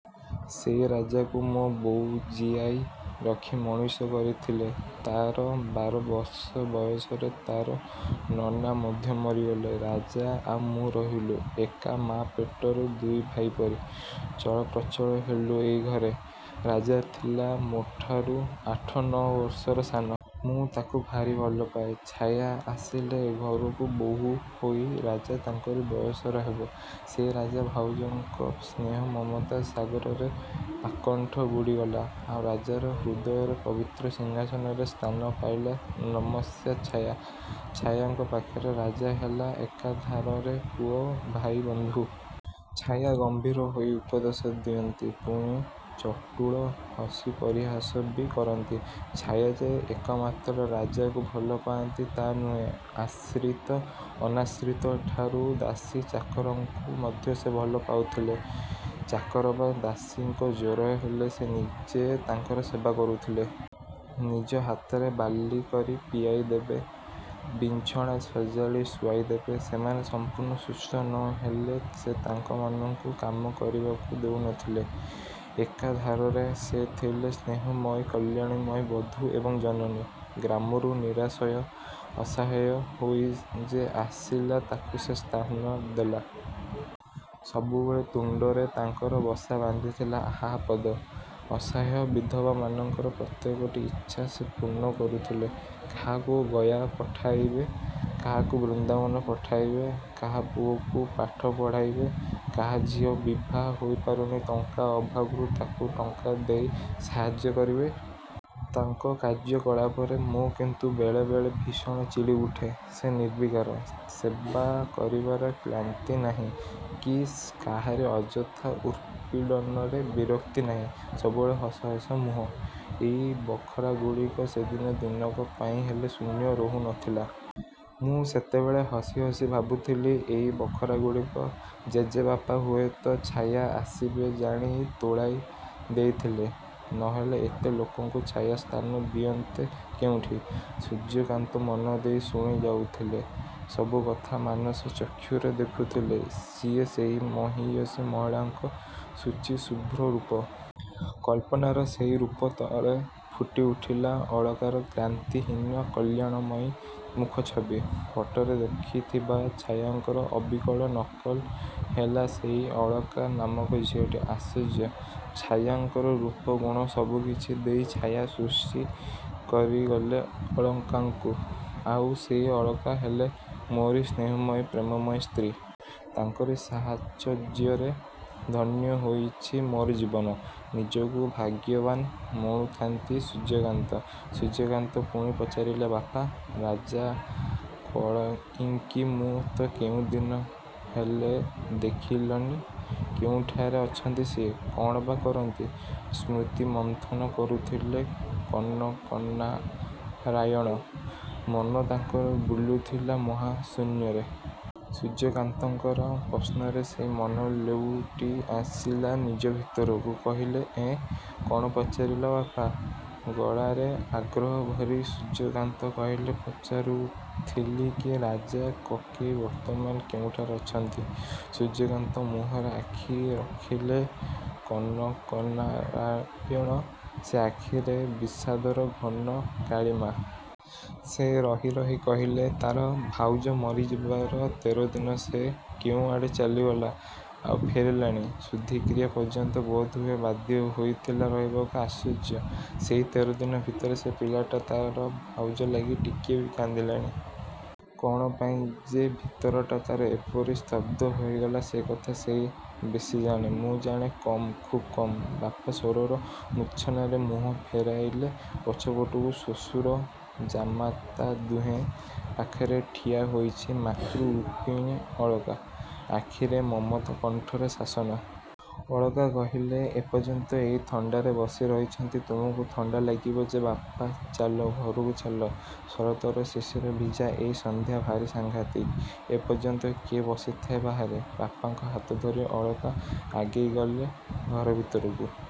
ସେଇ ରାଜାକୁ ମୋ ବୋଉ ଜିଆଇ ରଖି ମଣିଷ କରିଥିଲେ। ତା'ର ବାର ବର୍ଷ ବୟସରେ ତା'ର ନନା ମଧ୍ୟ ମରିଗଲେ। ରାଜା ଆଉ ମୁଁ ରହିଲୁ ଏକା ମାଆ ପେଟରେ ଦୁଇ ଭାଇ ପରି। ଚଳ ପ୍ରଚଳ ହେଲୁ ଏଇ ଘରେ। ରାଜା ଥିଲା ମୋଠାରୁ ଆଠ ନଅ ବର୍ଷର ସାନ। ମୁଁ ତାକୁ ଭାରି ଭଲ ପାଏ। ଛାୟା ଆସିଲେ ଏ ଘରକୁ ବୋହୂ ହୋଇ। ରାଜା ତାଙ୍କରି ବୟସର ହେବ। ସେଇ ରାଜା ଭାଉଜଙ୍କ ସ୍ନେହ ମମତା ସାଗରରେ ଆକଣ୍ଠ ବୁଡ଼ିଗଲା। ଆଉ ରାଜାର ହୃଦୟର ପବିତ୍ର ସିଂହାସନରେ ସ୍ଥାନ ପାଇଲେ ନମସ୍ୟା ଛାୟା। ଛାୟାଙ୍କ ପାଖରେ ରାଜା ହେଲା ଏକାଧାରରେ ପୁଅ, ଭାଇ, ବନ୍ଧୁ। ଛାୟା ଗମ୍ଭୀର ହୋଇ ଉପଦେଶ ଦିଅନ୍ତି, ପୁଣି ଚଟୁଳ ହସି ପରିହାସ ବି କରନ୍ତି। ଛାୟା ଯେ ଏକମାତ୍ର ରାଜାକୁ ଭଲ ପାଆନ୍ତି ତା' ନୁହେଁ ଆଶ୍ରିତ ଅନାଶ୍ରିତଠାରୁ ଦାସୀ ଚାକରଙ୍କୁ ମଧ୍ୟ ସେ ଭଲ ପାଉଥିଲେ। ଚାକର ବା ଦାସୀଙ୍କ ଜ୍ୱର ହେଲେ ସେ ନିଜେ ତାଙ୍କର ସେବା କରୁଥିଲେ। ନିଜ ହାତରେ ବାର୍ଲି କରି ପିଆଇ ଦେବେ। ବିଛଣା ସଜାଡ଼ି ଶୁଆଇ ଦେବେ। ସେମାନେ ସମ୍ପୂର୍ଣ୍ଣ ସୁସ୍ଥ ନ ହେଲେ ସେ ତାଙ୍କ ମାନଙ୍କୁ କାମ କରିବାକୁ ଦେଉ ନଥିଲେ। ଏକାଧାରରେ ସେ ଥିଲେ ସ୍ନେହମୟୀ କଲ୍ୟାଣମୟୀ ବଧୂ ଏବଂ ଜନନୀ। ଗ୍ରାମରୁ ନିରାଶ୍ରୟ, ଅସହାୟ ହୋଇ ଯେ ଆସିଲା ତାକୁ ସେ ସ୍ଥାନ ଦେଲେ। ସବୁବେଳେ ତୁଣ୍ଡରେ ତାଙ୍କର ବସା ବାନ୍ଧିଥିଲା ଆହା ପଦ। ଅସହାୟ ବିଧବାମାନଙ୍କର ପ୍ରତ୍ୟେକଟି ଇଚ୍ଛା ସେ ପୂର୍ଣ୍ଣ କରୁଥିଲେ। କାହାକୁ ଗୟା ପଠାଇବେ, କାହାକୁ ବୃନ୍ଦାବନ ପଠାଇବେ, କାହା ପୁଅକୁ ପାଠ ପଢ଼ାଇବେ, କାହା ଝିଅ ବିଭା ହୋଇ ପାରୁନି ଟଙ୍କା ଅଭାବରୁ ତାକୁ ଟଙ୍କା ଦେଇ ସାହାଯ୍ୟ କରିବେ। ତାଙ୍କ କାର୍ଯ୍ୟକଳାପରେ ମୁଁ କିନ୍ତୁ ବେଳେ ବେଳେ ଭୀଷଣ ଚିଡ଼ି ଉଠେ। ସେ ନିର୍ବିକାର। ସେବା କରିବାର କ୍ଲାନ୍ତି ନାହିଁ, କି କାହାରି ଅଯଥା ଉତ୍ପୀଡ଼ନରେ ବିରକ୍ତି ନାହିଁ। ସବୁବେଳେ ହସ ହସ ମୁହଁ। ଏଇ ବଖରାଗୁଡ଼ିକ ସେଦିନ ଦିନକ ପାଇଁ ହେଲେ ଶୂନ୍ୟ ରହୁ ନଥିଲା। ମୁଁ ସେତେବେଳେ ହସି ହସି ଭାବୁଥିଲି ଏଇ ବଖରାଗୁଡ଼ିକ ଜେଜେବାପା ହୁଏତ ଛାୟା ଆସିବେ ଜାଣି ତୋଳାଇ ଦେଇଥିଲେ। ନହେଲେ ଏତେ ଲୋକଙ୍କୁ ଛାୟା ସ୍ଥାନ ଦିଅନ୍ତେ କେଉଁଠି? ସୂର୍ଯ୍ୟକାନ୍ତ ମନଦେଇ ଶୁଣି ଯାଉଥିଲେ ସବୁ କଥା ମାନସ ଚକ୍ଷୁରେ ଦେଖୁଥିଲେ ସିଏ ସେହି ମହିୟସୀ ମହିଳାଙ୍କ ଶୁଚି ଶୁଭ୍ର ରୂପ। କଳ୍ପନାର ସେଇ ରୂପ ତଳେ ଫୁଟି ଉଠିଲା ଅଳକାର କ୍ଳାନ୍ତିହୀନ କଲ୍ୟାଣମୟୀ ମୁଖଛବି। ଫଟୋରେ ଦେଖିଥିବା ଛାୟାଙ୍କର ଅବିକଳ ନକଲ ହେଲା ସେଇ ଅଳକା ନାମକ ଝିଅଟି। ଆଶ୍ଚର୍ଯ୍ୟ! ଛାୟାଙ୍କର ରୂପଗୁଣ ସବୁକିଛି ଦେଇ ଛାୟା ସୃଷ୍ଟି କରି ଗଲେ ଅଳକାଙ୍କୁ। ଆଉ ସେଇ ଅଳକା ହେଲେ ମୋରି ସ୍ନେହମୟୀ, ପ୍ରେମମୟୀ ସ୍ତ୍ରୀ। ତାଙ୍କରି ସାହଚର୍ଯ୍ୟରେ ଧନ୍ୟ ହୋଇଛି ମୋର ଜୀବନ। ନିଜକୁ ଭାଗ୍ୟବାନ୍ ମଣୁଥାନ୍ତି ସୂର୍ଯ୍ୟକାନ୍ତ। ସୂର୍ଯ୍ୟକାନ୍ତ ପୁଣି ପଚାରିଲେ ବାପା, ରାଜା କକେଇଙ୍କି ମୁଁ ତ କେଉଁଦିନ ହେଲେ ଦେଖିଲନି। କେଉଁଠାରେ ଅଛନ୍ତି ସିଏ? କ'ଣ ବା କରନ୍ତି? ସ୍ମୃତିମନ୍ଥନ କରୁଥିଲେ କନକନାରାୟଣ। ମନ ତାଙ୍କର ବୁଲୁଥିଲା ମହାଶୂନ୍ୟରେ। ସୂର୍ଯ୍ୟକାନ୍ତଙ୍କର ପ୍ରଶ୍ନରେ ସେଇ ମନ ଲେଉଟି ଆସିଲା ନିଜ ଭିତରକୁ। କହିଲେ ଏଁ, କ'ଣ ପଚାରିଲ ବାପା? ଗଳାରେ ଆଗ୍ରହ ଭରି ସୂର୍ଯ୍ୟକାନ୍ତ କହିଲେ ପଚାରୁଥିଲି କି ରାଜା କକେଇ ବର୍ତ୍ତମାନ କେଉଁଠାରେ ଅଛନ୍ତି। ସୂର୍ଯ୍ୟକାନ୍ତ ମୁହଁରେ ଆଖି ରଖିଲେ କନକନାରାୟଣ। ସେ ଆଖିରେ ବିଷାଦର ଘନ କାଳିମା। ସେ ରହି ରହି କହିଲେ ତା'ର ଭାଉଜ ମରିଯିବାର ତେର ଦିନ ସେ କେଉଁଆଡ଼େ ଚାଲିଗଲା। ଆଉ ଫେରିଲାନି। ଶୁଦ୍ଧିକ୍ରିୟା ପର୍ଯ୍ୟନ୍ତ ବୋଧହୁଏ ବାଧ୍ୟ ହୋଇଥିଲା ରହିବାକୁ। ଆଶ୍ଚର୍ଯ୍ୟ! ସେଇ ତେର ଦିନ ଭିତରେ ସେ ପିଲାଟା ତା'ର ଭାଉଜ ଲାଗି ଟିକିଏ ବି କାନ୍ଦିଲାନି। କ'ଣ ପାଇଁ ଯେ ଭିତରଟା ତା'ର ଏପରି ସ୍ତବ୍ଧ ହୋଇଗଲା ସେକଥା ସେଇ ବେଶି ଜାଣେ। ମୁଁ ଜାଣେ କମ୍, ଖୁବ୍ କମ୍। ବାପା, ସ୍ୱରର ମୂର୍ଚ୍ଛନାରେ ମୁହଁ ଫେରାଇଲେ ପଛପଟକୁ ଶ୍ୱଶୁର ଜାମାତା ଦୁହେଁ। ପାଖରେ ଠିଆ ହୋଇଛି ମାତୃରୂପିଣୀ ଅଳକା। ଆଖିରେ ମମତା, କଣ୍ଠରେ ଶାସନ। ଅଳକା କହିଲେ ଏପର୍ଯ୍ୟନ୍ତ ଏଇ ଥଣ୍ଡାରେ ବସି ରହିଛନ୍ତି। ତୁମକୁ ଥଣ୍ଡା ଲାଗିବ ଯେ ବାପା। ଚାଲ, ଘରକୁ ଚାଲ। ଶରତର ଶିଶିର ଭିଜା ଏଇ ସନ୍ଧ୍ୟା ଭାରି ସାଂଘାତିକ। ଏପର୍ଯ୍ୟନ୍ତ କିଏ ବସିଥାଏ ବାହାରେ! ବାପାଙ୍କ ହାତ ଧରି ଅଳକା ଆଗେଇ ଗଲେ ଘର ଭିତରକୁ।